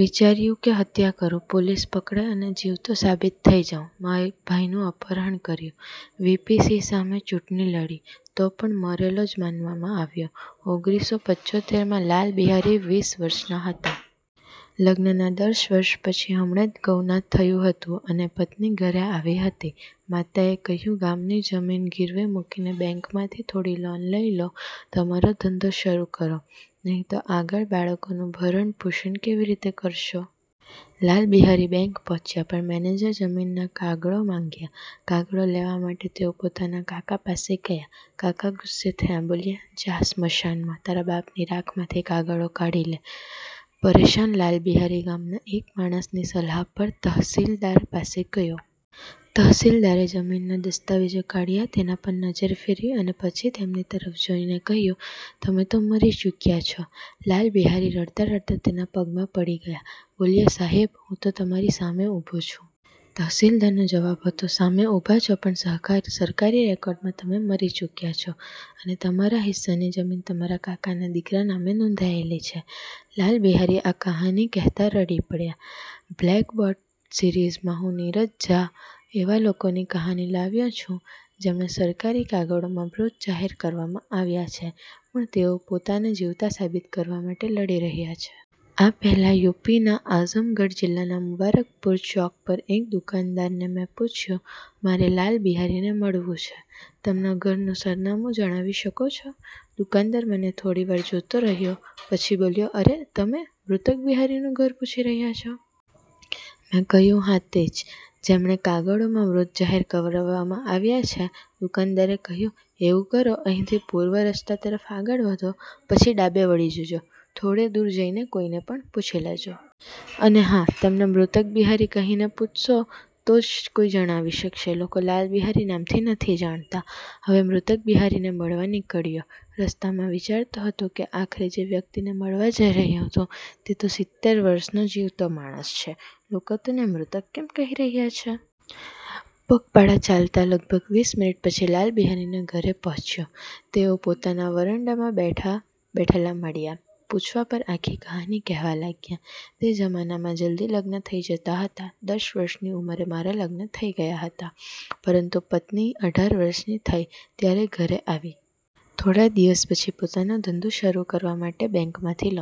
વિચાર્યું કે હત્યા કરું, પોલીસ પકડે અને જીવતો સાબિત થઈ જાઉં. ભાઈનું અપહરણ કર્યું, વીપી સિંહ સામે ચૂંટણી લડી, તો પણ મરેલો જ માનવામાં આવ્યો. ઓગરીસો પંચોતેર માં, લાલ બિહારી વીસ વર્ષના હતા. લગ્નના દસ વર્ષ પછી હમણાં જ ગવના થયું હતું, અને પત્ની ઘરે આવી હતી. માતાએ કહ્યું, "ગામની જમીન ગીરવે મૂકીને બેંકમાંથી થોડી લોન લઈ લો. તમારો ધંધો શરૂ કરો, નહીં તો આગળ બાળકોનું ભરણપોષણ કેવી રીતે કરશો?" લાલ બિહારી બેંક પહોંચ્યા, પણ મેનેજરે જમીનના કાગળો માંગ્યા. કાગળો લેવા માટે તેઓ પોતાના કાકા પાસે ગયા. કાકા ગુસ્સે થયા. બોલ્યા, "જા, સ્મશાનમાં તારા બાપની રાખમાંથી કાગળો કાઢી લે." પરેશાન લાલ બિહારી ગામના એક માણસની સલાહ પર તહસીલદાર પાસે ગયો. તહસીલદારે જમીનના દસ્તાવેજો કાઢ્યા, તેના પર નજર ફેરવી અને પછી તેમની તરફ જોઈને કહ્યું,"તમે તો મરી ચૂક્યા છો!" લાલ બિહારી રડતા-રડતા તેના પગમાં પડી ગયા, બોલ્યા, "સાહેબ, હું તો તમારી સામે ઊભો છું." તહસીલદારનો જવાબ હતો, "સામે ઊભા છો, પણ સરકારી રેકોર્ડમાં તમે મરી ચૂક્યા છો, અને તમારા હિસ્સાની જમીન તમારા કાકાના દીકરાના નામે નોંધાયેલી છે." લાલ બિહારી આ કહાની કહેતા રડી પડ્યા. "બ્લેકબોર્ડ સિરીઝમાં હું નીરજ ઝા એવા લોકોની કહાની લાવ્યો છું, જેમને સરકારી કાગળોમાં મૃત જાહેર કરવામાં આવ્યા છે, પણ તેઓ પોતાને જીવતા સાબિત કરવા માટે લડી રહ્યા છે." આ પહેલાં, યુપીના આઝમગઢ જિલ્લાના મુબારકપુર ચોક પર એક દુકાનદારને મેં પૂછ્યું, "મારે લાલ બિહારીને મળવું છે, તેમના ઘરનું સરનામું જણાવી શકો છો?" દુકાનદાર મને થોડીવાર જોતો રહ્યો, પછી બોલ્યો, "અરે! તમે 'મૃતક બિહારી' નું ઘર પૂછી રહ્યા છો?" મેં કહ્યું, "હા, તે જ જેમને કાગળોમાં મૃત જાહેર કરવામાં આવ્યા છે." દુકાનદારે કહ્યું,"એવું કરો, અહીંથી પૂર્વ તરફ રસ્તા પર આગળ વધો, પછી ડાબે વળી જજો. થોડે દૂર જઈને કોઈને પણ પૂછી લેજો. અને હા, તેમને 'મૃતક બિહારી' કહીને પૂછશો તો જ કોઈ જણાવી શકશે. લોકો 'લાલ બિહારી' નામથી નથી જાણતા." હવે 'મૃતક બિહારી' ને મળવા નીકળ્યો. રસ્તામાં વિચારતો હતો કે "આખરે જે વ્યક્તિને મળવા જઈ રહ્યો છું, તે તો સીતેર વર્ષનો જીવતો માણસ છે, લોકો તેને 'મૃતક' કેમ કહી રહ્યા છે?" પગપાળા ચાલતા લગભગ વીસ મિનિટ પછી લાલ બિહારીના ઘરે પહોંચ્યો. તેઓ પોતાના વરંડામાં બેઠેલા મળ્યા. પૂછવા પર આખી કહાની કહેવા લાગ્યા, "તે જમાનામાં જલ્દી લગ્ન થઈ જતા હતા. દસ વર્ષની ઉંમરે મારા લગ્ન થઈ ગયા હતા, પરંતુ પત્ની અઢાર વર્ષની થઈ, ત્યારે ઘરે આવી. થોડા દિવસ પછી પોતાનો ધંધો શરૂ કરવા માટે બેંકમાંથી લોન